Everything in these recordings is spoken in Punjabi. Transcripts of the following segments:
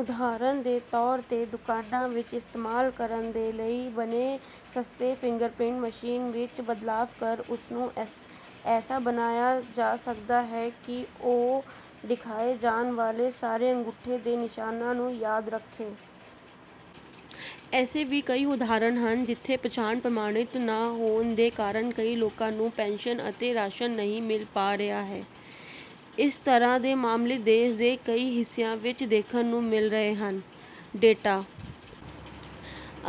ਉਦਾਹਰਣ ਦੇ ਤੌਰ ਤੇ ਦੁਕਾਨਾਂ ਵਿੱਚ ਇਸਤੇਮਾਲ ਕਰਨ ਦੇ ਲਈ ਬਣੇ ਸਸਤੇ ਫਿੰਗਰਪ੍ਰਿੰਟ ਮਸ਼ੀਨ ਵਿੱਚ ਬਦਲਾਵ ਕਰ ਉਸਨੂੰ ਐਸਾ ਬਣਾਇਆ ਜਾ ਸਕਦਾ ਹੈ ਕਿ ਉਹ ਦਿਖਾਏ ਜਾਣ ਵਾਲੇ ਸਾਰੇ ਅੰਗੂਠੇ ਦੇ ਨਿਸ਼ਾਨਾਂ ਨੂੰ ਯਾਦ ਰੱਖੇ। ਐਸੇ ਵੀ ਕਈ ਉਦਾਹਰਣ ਹਨ ਜਿੱਥੇ ਪਛਾਣ ਪ੍ਰਮਾਣਿਤ ਨਾ ਹੋਣ ਦੇ ਕਾਰਣ ਕਈ ਲੋਕਾਂ ਨੂੰ ਪੈਨਸ਼ਨ ਅਤੇ ਰਾਸ਼ਨ ਨਹੀ ਮਿਲ ਪਾ ਰਿਹਾ ਹੈ। ਇਸ ਤਰਾਂ ਦੇ ਮਾਮਲੇ ਦੇਸ ਦੇ ਕਈ ਹਿੱਸਿਆਂ ਵਿੱਚ ਦੇਖਣ ਨੂੰ ਮਿਲ ਰਹੇ ਹਨ। ਡੇਟਾ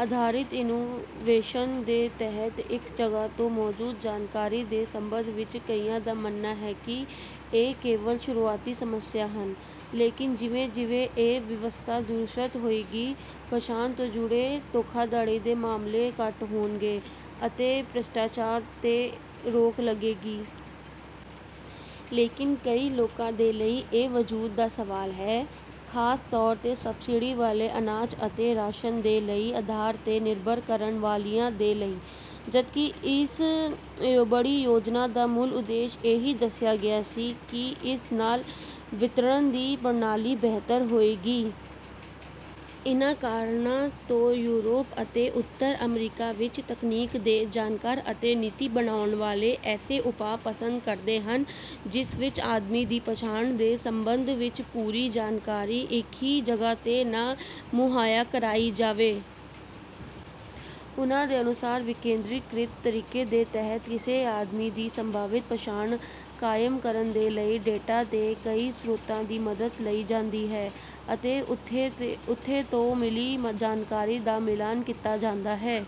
ਆਧਾਰਿਤ ਇਨੋਵੇਸ਼ਨ ਦੇ ਤਹਿਤ ਇੱਕ ਜਗਾਹ ਤੇ ਮੌਜੂਦ ਜਾਣਕਾਰੀ ਦੇ ਸੰਬੰਧ ਵਿੱਚ ਕਈਆਂ ਦਾ ਮੰਨਣਾ ਹੈ ਕਿ ਇਹ ਕੇਵਲ ਸ਼ੁਰੁਆਤੀ ਸਮੱਸਿਆਵਾਂ ਹਨ, ਲੇਕਿਨ ਜਿਵੇਂ ਜਿਵੇਂ ਇਹ ਵਿਵਸਥਾ ਦਰੁਸਤ ਹੋਵੇਗੀ ਪਛਾਣ ਤੋਂ ਜੁੜੇ ਧੋਖਾਧੜੀ ਦੇ ਮਾਮਲੇ ਘੱਟ ਹੋਣਗੇ ਅਤੇ ਭ੍ਰਿਸ਼ਟਾਚਾਰ ਤੇ ਰੋਕ ਲੱਗੇਗੀ। ਲੇਕਿਨ ਕਈ ਲੋਕਾਂ ਦੇ ਲਈ ਇਹ ਵਜੂਦ ਦਾ ਸਵਾਲ ਹੈ, ਖ਼ਾਸ ਤੌਰ ਤੇ ਸਬਸਿਡੀ ਵਾਲੇ ਅਨਾਜ ਅਤੇ ਰਾਸ਼ਨ ਦੇ ਲਈ ਆਧਾਰ ਤੇ ਨਿਰਭਰ ਕਰਨ ਵਾਲਿਆਂ ਦੇ ਲਈ। ਜਦ ਕਿ ਇਸ ਬੜੀ ਯੋਜਨਾ ਦਾ ਮੂਲ ਉਦੇਸ਼ ਇਹੀ ਦਸਿਆ ਗਿਆ ਸੀ ਕਿ ਇਸ ਨਾਲ ਵਿਤਰਣ ਦੀ ਪ੍ਰਣਾਲੀ ਬਿਹਤਰ ਹੋਵੇਗੀ। ਇਨ੍ਹਾਂ ਕਾਰਣਾਂ ਤੋਂ ਯੂਰੋਪ ਅਤੇ ਉੱਤਰ-ਅਮਰੀਕਾ ਵਿੱਚ ਤਕਨੀਕ ਦੇ ਜਾਣਕਾਰ ਅਤੇ ਨੀਤੀ ਬਣਾਉਣ ਵਾਲੇ ਐਸੇ ਉਪਾਅ ਪਸੰਦ ਕਰਦੇ ਹਨ ਜਿਸ ਵਿਚ ਆਦਮੀ ਦੀ ਪਛਾਣ ਦੇ ਸੰਬੰਧ ਵਿੱਚ ਪੂਰੀ ਜਾਣਕਾਰੀ ਇੱਕ ਹੀ ਜਗਾਹ ਤੇ ਨਾ ਮੁਹਈਆ ਕਰਾਈ ਜਾਵੇ। ਉਹਨਾਂ ਦੇ ਅਨੁਸਾਰ ਵਿਕੇਨਦ੍ਰੀਕਰਿਤ ਤਰੀਕੇ ਦੇ ਤਹਿਤ ਕਿਸੇ ਆਦਮੀ ਦੀ ਸੰਭਾਵਿਤ ਪਛਾਣ ਕਾਇਮ ਕਰਨ ਦੇ ਲਈ ਡੈਟਾ ਦੇ ਕਈ ਸ੍ਰੋਤਾਂ ਦੀ ਮੱਦਦ ਲਈ ਜਾਂਦੀ ਹੈ ਅਤੇ ਉਥੇ ਤੋਂ ਮਿਲੀ ਜਾਣਕਾਰੀ ਦਾ ਮਿਲਾਨ ਕੀਤਾ ਜਾਂਦਾ ਹੈ।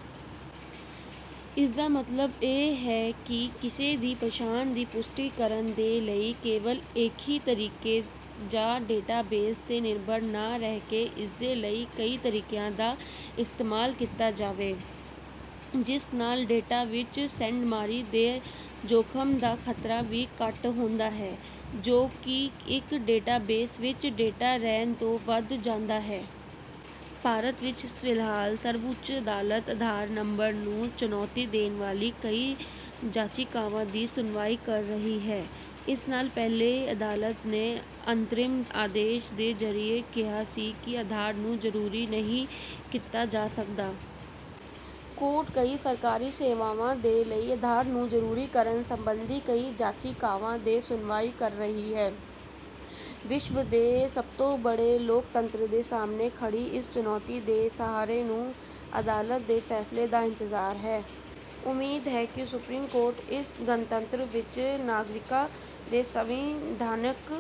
ਇਸਦਾ ਮਤਲਬ ਇਹ ਹੈ ਕਿ ਕਿਸੇ ਦੀ ਪਛਾਣ ਦੀ ਪੁਸ਼ਟੀ ਕਰਨ ਦੇ ਲਈ ਕੇਵਲ ਇੱਕ ਹੀ ਤਰੀਕੇ ਜਾਂ ਡੈਟਾਬੇਸ ਤੇ ਨਿਰਭਰ ਨਾਂ ਰਹਿਕੇ ਇਸਦੇ ਲਈ ਕਈ ਤਰੀਕਿਆਂ ਦਾ ਇਸਤੇਮਾਲ ਕੀਤਾ ਜਾਵੇ। ਇਸ ਨਾਲ ਡੇਟਾ ਵਿੱਚ ਸੇਂਧਮਾਰੀ ਦੇ ਜੋਖਮ ਦਾ ਖ਼ਤਰਾ ਵੀ ਘੱਟ ਹੁੰਦਾ ਹੈ ਜੋ ਕਿ ਇੱਕ ਡੈਟਾਬੇਸ ਵਿੱਚ ਡੇਟਾ ਰਹਿਣ ਤੋਂ ਵਧ ਜਾਂਦਾ ਹੈ। ਭਾਰਤ ਵਿੱਚ ਫਿਲਹਾਲ ਸਰਵਉੱਚ ਅਦਾਲਤ, ਆਧਾਰ ਨੰਬਰ ਨੂੰ ਚੁਣੌਤੀ ਦੇਣ ਵਾਲੀ ਕਈ ਜਾਚਿਕਾਵਾਂ ਦੀ ਸੁਣਵਾਈ ਕਰ ਰਹੀ ਹੈ। ਇਸ ਨਾਲ ਪਹਿਲੇ ਅਦਾਲਤ ਨੇ ਅੰਤਰਿਮ ਆਦੇਸ਼ ਦੇ ਜ਼ਰੀਏ ਕਿਹਾ ਸੀ ਕਿ ਆਧਾਰ ਨੂੰ ਜਰੂਰੀ ਨਹੀ ਕੀਤਾ ਜਾ ਸਕਦਾ। ਕੋਰਟ ਕਈ ਸਰਕਾਰੀ ਸੇਵਾਵਾਂ ਦੇ ਲਈ ਆਧਾਰ ਨੂੰ ਜਰੂਰੀ ਕਰਨ ਸੰਬੰਧੀ ਕਈ ਜਾਚਿਕਾਵਾਂ ਤੇ ਸੁਣਵਾਈ ਕਰ ਰਹੀ ਹੈ। ਵਿਸ਼ਵ ਦੇ ਸਭ ਤੋਂ ਬੜੇ ਲੋਕਤੰਤਰ ਦੇ ਸਾਹਮਣੇ ਖੜੀ ਇਸ ਚੁਣੌਤੀ ਤੇ ਸਾਰੇ ਨੂੰ ਅਦਾਲਤ ਦੇ ਫ਼ੈਸਲੇ ਦਾ ਇੰਤਜ਼ਾਰ ਹੈ। ਉਮੀਦ ਹੈ ਕਿ ਸੁਪਰੀਮ ਕੋਰਟ ਇਸ ਗਣਤੰਤਰ ਵਿੱਚ ਨਾਗਰਿਕਾਂ ਦੇ ਸੰਵੈਧਾਨਿਕ